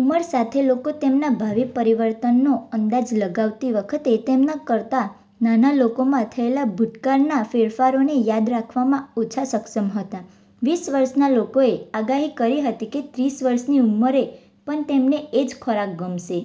ઉંમર સાથે, લોકો તેમના ભાવિ પરિવર્તનનો અંદાજ લગાવતી વખતે તેમના કરતાં નાના લોકોમાં થયેલા ભૂતકાળના ફેરફારોને યાદ રાખવામાં ઓછા સક્ષમ હતા. વીસ વર્ષના લોકોએ આગાહી કરી હતી કે ત્રીસ વર્ષની ઉંમરે પણ તેમને એ જ ખોરાક ગમશે.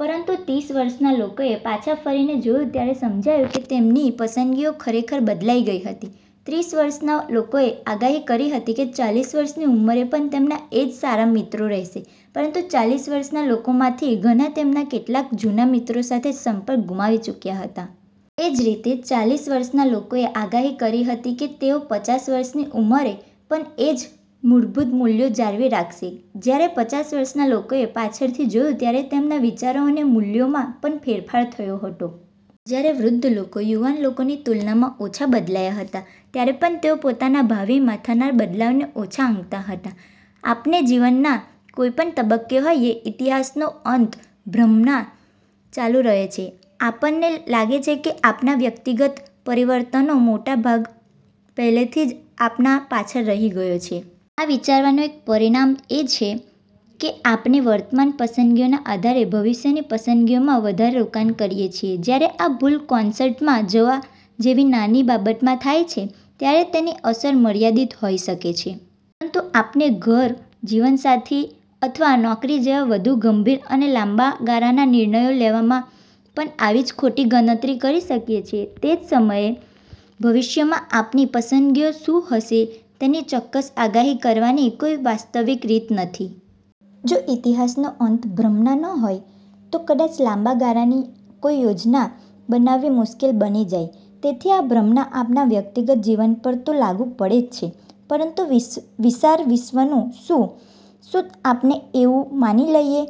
પરંતુ ત્રીસ વર્ષના લોકોએ પાછળ ફરીને જોયું ત્યારે સમજાયું કે તેમની પસંદગીઓ ખરેખર બદલાઈ ગઈ હતી. ત્રીસ વર્ષના લોકોએ આગાહી કરી હતી કે ચાલીસ વર્ષની ઉંમરે પણ તેમના એ જ સારા મિત્રો રહેશે, પરંતુ ચાલીસ વર્ષના લોકોમાંથી ઘણા તેમના કેટલાક જૂના મિત્રો સાથે સંપર્ક ગુમાવી ચૂક્યા હતા. એ જ રીતે, ચાલીસ વર્ષના લોકોએ આગાહી કરી હતી કે તેઓ પચાસ વર્ષની ઉંમરે પણ એ જ મૂળભૂત મૂલ્યો જાળવી રાખશે, જ્યારે પચાસ વર્ષના લોકોએ પાછળથી જોયું ત્યારે તેમના વિચારો અને મૂલ્યોમાં પણ ફેરફાર થયો હતો. જ્યારે વૃદ્ધ લોકો યુવાન લોકોની તુલનામાં ઓછા બદલાયા હતા, ત્યારે પણ તેઓ પોતાના ભાવિમાં થનારા બદલાવને ઓછો આંકતા હતા. આપણે જીવનના કોઈપણ તબક્કે હોઈએ, “ઇતિહાસનો અંત” ભ્રમણા ચાલુ રહે છે: આપણને લાગે છે કે આપણા વ્યક્તિગત પરિવર્તનનો મોટો ભાગ પહેલેથી જ આપણા પાછળ રહી ગયો છે. આ વિચારનું એક પરિણામ એ છે કે આપણે વર્તમાન પસંદગીઓના આધારે ભવિષ્યની પસંદગીઓમાં વધારે રોકાણ કરીએ છીએ. જ્યારે આ ભૂલ કોન્સર્ટમાં જવા જેવી નાની બાબતમાં થાય છે, ત્યારે તેની અસર મર્યાદિત હોઈ શકે છે. પરંતુ આપણે ઘર, જીવનસાથી અથવા નોકરી જેવા વધુ ગંભીર અને લાંબા ગાળાના નિર્ણયો લેવામાં પણ આવી જ ખોટી ગણતરી કરી શકીએ છીએ. તે જ સમયે, ભવિષ્યમાં આપણી પસંદગીઓ શું હશે તેની ચોક્કસ આગાહી કરવાની કોઈ વાસ્તવિક રીત નથી. જો “ઇતિહાસનો અંત” ભ્રમણા ન હોય, તો કદાચ લાંબા ગાળાની કોઈ યોજના બનાવવી મુશ્કેલ બની જાય. તેથી આ ભ્રમણા આપણા વ્યક્તિગત જીવન પર તો લાગુ પડે જ છે, પરંતુ વિશાળ વિશ્વનું શું? શું આપણે એવું માની લઈએ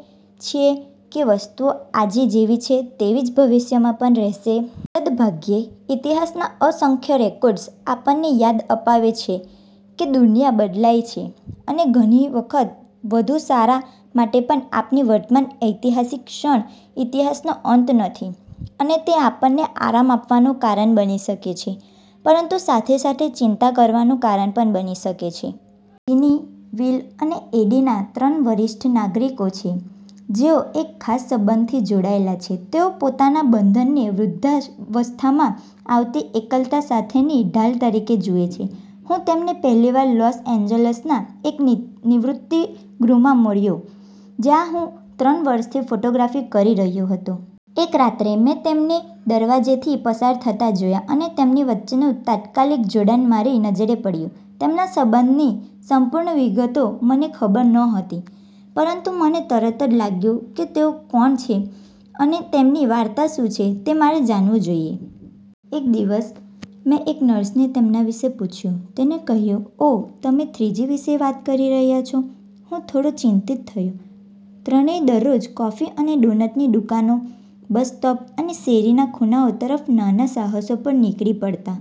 છીએ કે વસ્તુઓ આજે જેવી છે, તેવી જ ભવિષ્યમાં પણ રહેશે? સદભાગ્યે, ઇતિહાસના અસંખ્ય રેકોર્ડ્સ આપણને યાદ અપાવે છે કે દુનિયા બદલાઈ છે, અને ઘણી વખત વધુ સારા માટે પણ આપણી વર્તમાન ઐતિહાસિક ક્ષણ ઇતિહાસનો અંત નથી. અને તે આપણને આરામ આપવાનું કારણ બની શકે છે, પરંતુ સાથે સાથે ચિંતા કરવાનું કારણ પણ બની શકે છે. જીની, વિલ અને એડિના ત્રણ વરિષ્ઠ નાગરિકો છે, જેઓ એક ખાસ સંબંધથી જોડાયેલા છે. તેઓ પોતાના બંધનને વૃદ્ધાવસ્થામાં આવતી એકલતા સામેની ઢાલ તરીકે જુએ છે. હું તેમને પહેલી વાર લોસ એન્જલસના એક નિવૃત્તિ ગૃહમાં મળ્યો, જ્યાં હું ત્રણ વર્ષથી ફોટોગ્રાફી કરી રહ્યો હતો. એક રાત્રે મેં તેમને દરવાજેથી પસાર થતા જોયા અને તેમની વચ્ચેનું તાત્કાલિક જોડાણ મારી નજરે પડ્યું. તેમના સંબંધની સંપૂર્ણ વિગતો મને ખબર નહોતી, પરંતુ મને તરત જ લાગ્યું કે તેઓ કોણ છે અને તેમની વાર્તા શું છે તે મારે જાણવું જોઈએ. એક દિવસ મેં એક નર્સને તેમના વિશે પૂછ્યું. તેણે કહ્યું, “ઓહ, તમે થ્રીજી વિશે વાત કરી રહ્યા છો.” હું થોડો ચિંતિત થયો. ત્રણેય દરરોજ કોફી અને ડોનટની દુકાનો, બસ સ્ટોપ અને શેરીના ખૂણાઓ તરફ નાના સાહસો પર નીકળી પડતા.